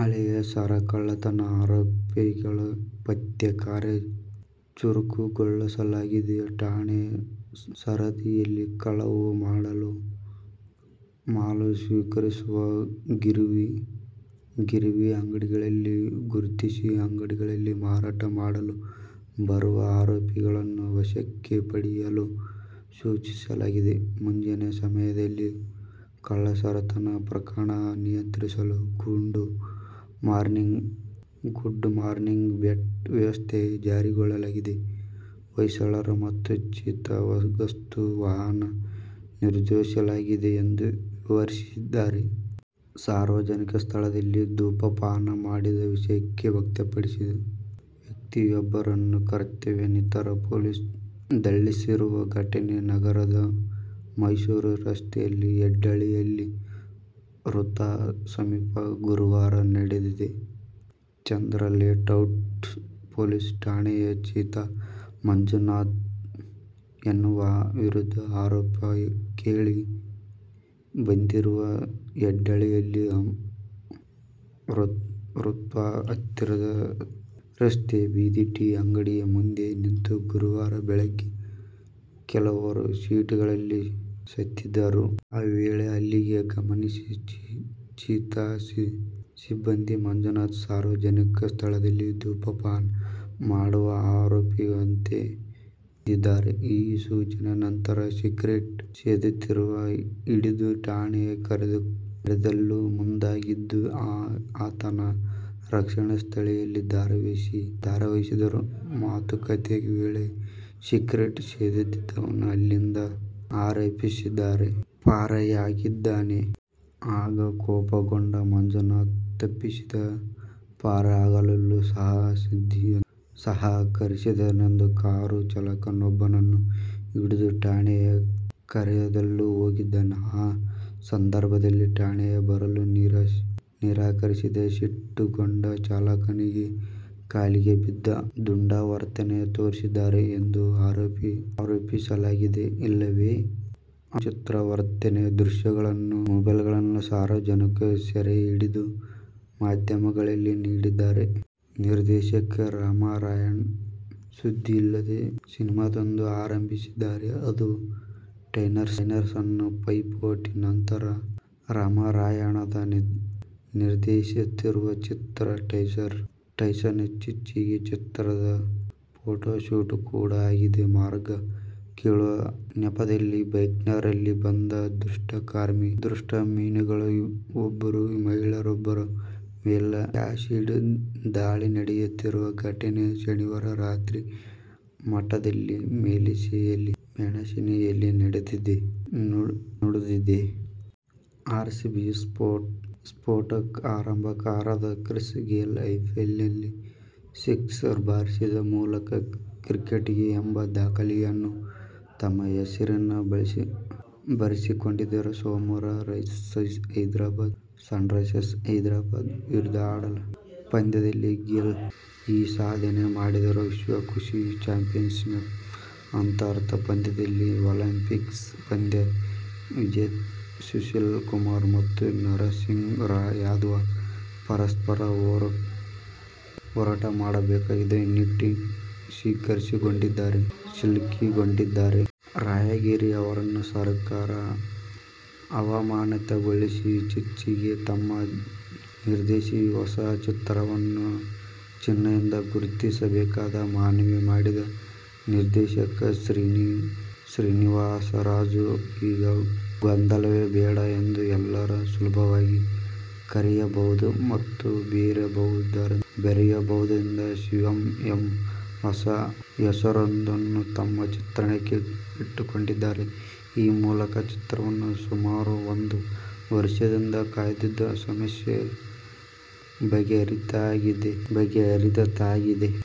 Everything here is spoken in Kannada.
ಹಳೆಯ ಸರಗಳ್ಳತನ ಆರೋಪಿಗಳ ಪತ್ತೆ ಕಾರ್ಯ ಚುರುಕುಗೊಳಿಸಲಾಗಿದೆ. ಠಾಣಾ ಸರಹದ್ದಿನಲ್ಲಿ ಕಳವು ಮಾಲು ಸ್ವೀಕರಿಸುವ ಗಿರವಿ ಅಂಗಡಿಗಳನ್ನು ಗುರುತಿಸಿ ಅಂಗಡಿಗಳಿಗೆ ಮಾರಾಟ ಮಾಡಲು ಬರುವ ಆರೋಪಿಗಳನ್ನು ವಶಕ್ಕೆ ಪಡೆಯಲು ಸೂಚಿಸಲಾಗಿದೆ. ಮುಂಜಾನೆ ಸಮಯದಲ್ಲಿ ಸರಗಳ್ಳತನ ಪ್ರಕರಣ ನಿಯಂತ್ರಿಸಲು ಗುಡ್ ಮಾರ್ನಿಂಗ್ ಬೀಟ್ ವ್ಯವಸ್ಥೆ ಜಾರಿಗೊಳಿಸಲಾಗಿದೆ. ಹೊಯ್ಸಳ ಮತ್ತು ಚೀತಾ ಗಸ್ತು ವಾಹನ ನಿಯೋಜಿಸಲಾಗಿದೆ ಎಂದು ವಿವರಿಸಿದ್ದಾರೆ. ಸಾರ್ವಜನಿಕ ಸ್ಥಳದಲ್ಲಿ ಧೂಮಪಾನ ಮಾಡಿದ ವಿಷಯಕ್ಕೆ ವ್ಯಕ್ತಿಯೊಬ್ಬರನ್ನು ಕರ್ತವ್ಯ ನಿರತ ಪೊಲೀಸ್ ಥಳಿಸಿರುವ ಘಟನೆ ನಗರದ ಮೈಸೂರು ರಸ್ತೆಯ ನಾಯಂಡಹಳ್ಳಿ ವೃತ್ತ ಸಮೀಪ ಗುರುವಾರ ನಡೆದಿದೆ. ಚಂದ್ರಾಲೇಔಟ್ ಪೊಲೀಸ್ ಠಾಣೆಯ ''''''ಚೀತಾ'' ಮಂಜುನಾಥ ಎಂಬುವರ ವಿರುದ್ಧ ಆರೋಪ ಕೇಳಿ ಬಂದಿರುವುದು. ನಾಯಂಡಹಳ್ಳಿ ವೃತ್ತ ಹತ್ತಿರದ ರಸ್ತೆ ಬದಿ ಟೀ ಅಂಗಡಿ ಮುಂದೆ ನಿಂತು ಗುರುವಾರ ಬೆಳಗ್ಗೆ ಕೆಲವರು ಸಿಗರೇಟ್ ಸೇದುತ್ತಿದ್ದರು. ಆ ವೇಳೆ ಅಲ್ಲಿಗೆ ಆಗಮಿಸಿದ ಚೀತಾ ಸಿಬ್ಬಂದಿ ಮಂಜುನಾಥ, ಸಾರ್ವಜನಿಕ ಸ್ಥಳದಲ್ಲಿ ಧೂಮಪಾನ ಮಾಡುವುದು ಅಪರಾಧವಾಗುತ್ತದೆ ಎಂದಿದ್ದಾರೆ. ಈ ಸೂಚನೆ ನಂತರ ಸಿಗರೇಟ್ ಸೇದುತ್ತಿದ್ದವನನ್ನು ಹಿಡಿದು ಠಾಣೆ ಕರೆದೊಯ್ಯಲು ಮುಂದಾಗಿದ್ದು, ಆಗ ಆತನ ರಕ್ಷಣೆಗೆ ಸ್ಥಳೀಯರು ಧಾವಿಸಿದರು. ಮಾತುಕತೆ ವೇಳೆ ಸಿಗರೇಟ್ ಸೇದುತ್ತಿದ್ದವನು ಅಲ್ಲಿಂದ ಪರಾರಿಯಾಗಿದ್ದಾನೆ. ಆಗ ಕೋಪಗೊಂಡ ಮಂಜುನಾಥ, ತಪ್ಪಿತಸ್ಥನ ಪರಾರಿಯಾಗಲು ಸಹಕರಿಸಿದನೆಂದು ಕಾರು ಚಾಲಕನೊಬ್ಬನನ್ನು ಹಿಡಿದು ಠಾಣೆ ಕರೆದೊಯ್ಯಲು ಹೋಗಿದ್ದಾರೆ. ಆ ಸಂದರ್ಭದಲ್ಲಿ ಠಾಣೆಗೆ ಬರಲು ನಿರಾಕರಿಸಿದಕ್ಕೆ ಸಿಟ್ಟುಗೊಂಡು ಚಾಲಕನಿಗೆ ಕಾಲಿನ ಒದ್ದು ದುಂಡಾರ್ವನೆ ತೋರಿದ್ದಾರೆ ಎಂದು ಆರೋಪಿಸಲಾಗಿದೆ. ಅಲ್ಲದೆ ಅನುಚಿತ ವರ್ತನೆಯ ದೃಶ್ಯಗಳನ್ನು ಮೊಬೈಲ್ನಲ್ಲಿ ಸಾರ್ವಜನಿಕರು ಸೆರೆ ಹಿಡಿದು ಮಾಧ್ಯಮಗಳಿಗೆ ನೀಡಿದ್ದಾರೆ. ನಿರ್ದೇಶಕ ರಾಮ್ನಾರಾಯಣ್ ಸದ್ದಿಲ್ಲದೇ ಸಿನಿಮಾವೊಂದನ್ನು ಆರಂಭಿಸಿದ್ದಾರೆ. ಅದು "ಟೈಸನ್'. "ಪೈಪೋಟಿ' ನಂತರ ರಾಮ್ನಾರಾಯಣ್ ನಿರ್ದೇಶಿಸುತ್ತಿರುವ ಚಿತ್ರ "ಟೈಸನ್'. ಇತ್ತೀಚೆಗೆ ಚಿತ್ರದ ಫೋಟೋಶೂಟ್ ಕೂಡಾ ಆಗಿದೆ. ಮಾರ್ಗ ಕೇಳುವ ನೆಪದಲ್ಲಿ ಬೈಕ್ನಲ್ಲಿ ಬಂದ ದುಷ್ಕರ್ಮಿಗಳಿಬ್ಬರು ಮಹಿಳೆಯೊಬ್ಬರ ಮೇಲೆ ಆ್ಯಸಿಡ್ ದಾಳಿ ನಡೆಸಿರುವ ಘಟನೆ ಶನಿವಾರ ರಾತ್ರಿ ಪಟ್ಟಣದ ಮೆಣಸೆಯಲ್ಲಿ ನಡೆದಿದೆ. ಆರ್ಸಿಬಿಯ ಸ್ಫೋಟಕ ಆರಂಭಕಾರ ಕ್ರಿಸ್ ಗೇಲ್ ಐಪಿಎಲ್ನಲ್ಲಿ ಸಿಕ್ಸರ್ ಬಾರಿಸಿದ ಮೊದಲ ಕ್ರಿಕೆಟಿಗ ಎಂಬ ದಾಖಲೆಯನ್ನು ತಮ್ಮ ಹೆಸರಿಗೆ ಬರೆಸಿಕೊಂಡಿದ್ದಾರೆ. ಸೋಮವಾರ ಸನ್ರೈಸರ್ ಹೈದರಾಬಾದ್ ವಿರುದ್ಧ ಆಡಲಾದ ಪಂದ್ಯದಲ್ಲಿ ಗೇಲ್ ಈ ಸಾಧನೆ ಮಾಡಿದರು. ವಿಶ್ವ ಕುಸ್ತಿ ಚಾಂಪಿಯನ್ಶಿಪ್ನ ಅರ್ಹತಾ ಪಂದ್ಯದಲ್ಲಿ ಒಲಿಂಪಿಕ್ಸ್ ಪದಕ ವಿಜೇತ ಸುಶೀಲ್ ಕುಮಾರ್ ಮತ್ತು ನರಸಿಂಗ ಯಾದವ್ ಪರಸ್ಪರ ಹೋರಾಟ ಮಾಡಬೇಕಾದ ಇಕ್ಕಟ್ಟಿಗೆ ಸಿಲುಕಿಕೊಂಡಿದ್ದಾರೆ. ರಾಯಗೇರಿ ಅವರನ್ನು ಸರ್ಕಾರ ಅಮಾನತುಗೊಳಿಸಿದೆ. ಇತ್ತೀಚೆಗಷ್ಟೇ ತಮ್ಮ ನಿರ್ದೇಶನದ ಹೊಸ ಚಿತ್ರವನ್ನು ಚಿಹ್ನೆಯಿಂದ ಗುರುತಿಸಬೇಕೆಂದು ಮನವಿ ಮಾಡಿದ್ದ ನಿರ್ದೇಶಕ ಶ್ರೀನಿವಾಸರಾಜು, ಈಗ ಗೊಂದಲವೇ ಬೇಡ ಎಂದು ಎಲ್ಲರೂ ಸುಲಭವಾಗಿ ಕರೆಯಬಹುದಾದ ಮತ್ತು ಬರೆಯಬಹುದಾದ "ಶಿವಂ' ಎಂಬ ಹೊಸ ಹೆಸರೊಂದನ್ನು ತಮ್ಮ ಚಿತ್ರಕ್ಕೆ ಇಟ್ಟಿದ್ದಾರೆ. ಈ ಮೂಲಕ ಚಿತ್ರವನ್ನು ಸುಮಾರು ಒಂದು ವರ್ಷದಿಂದ ಕಾಡುತ್ತಿದ್ದ ಸಮಸ್ಯೆ ಬಗೆಹರಿದಂತಾಗಿದೆ.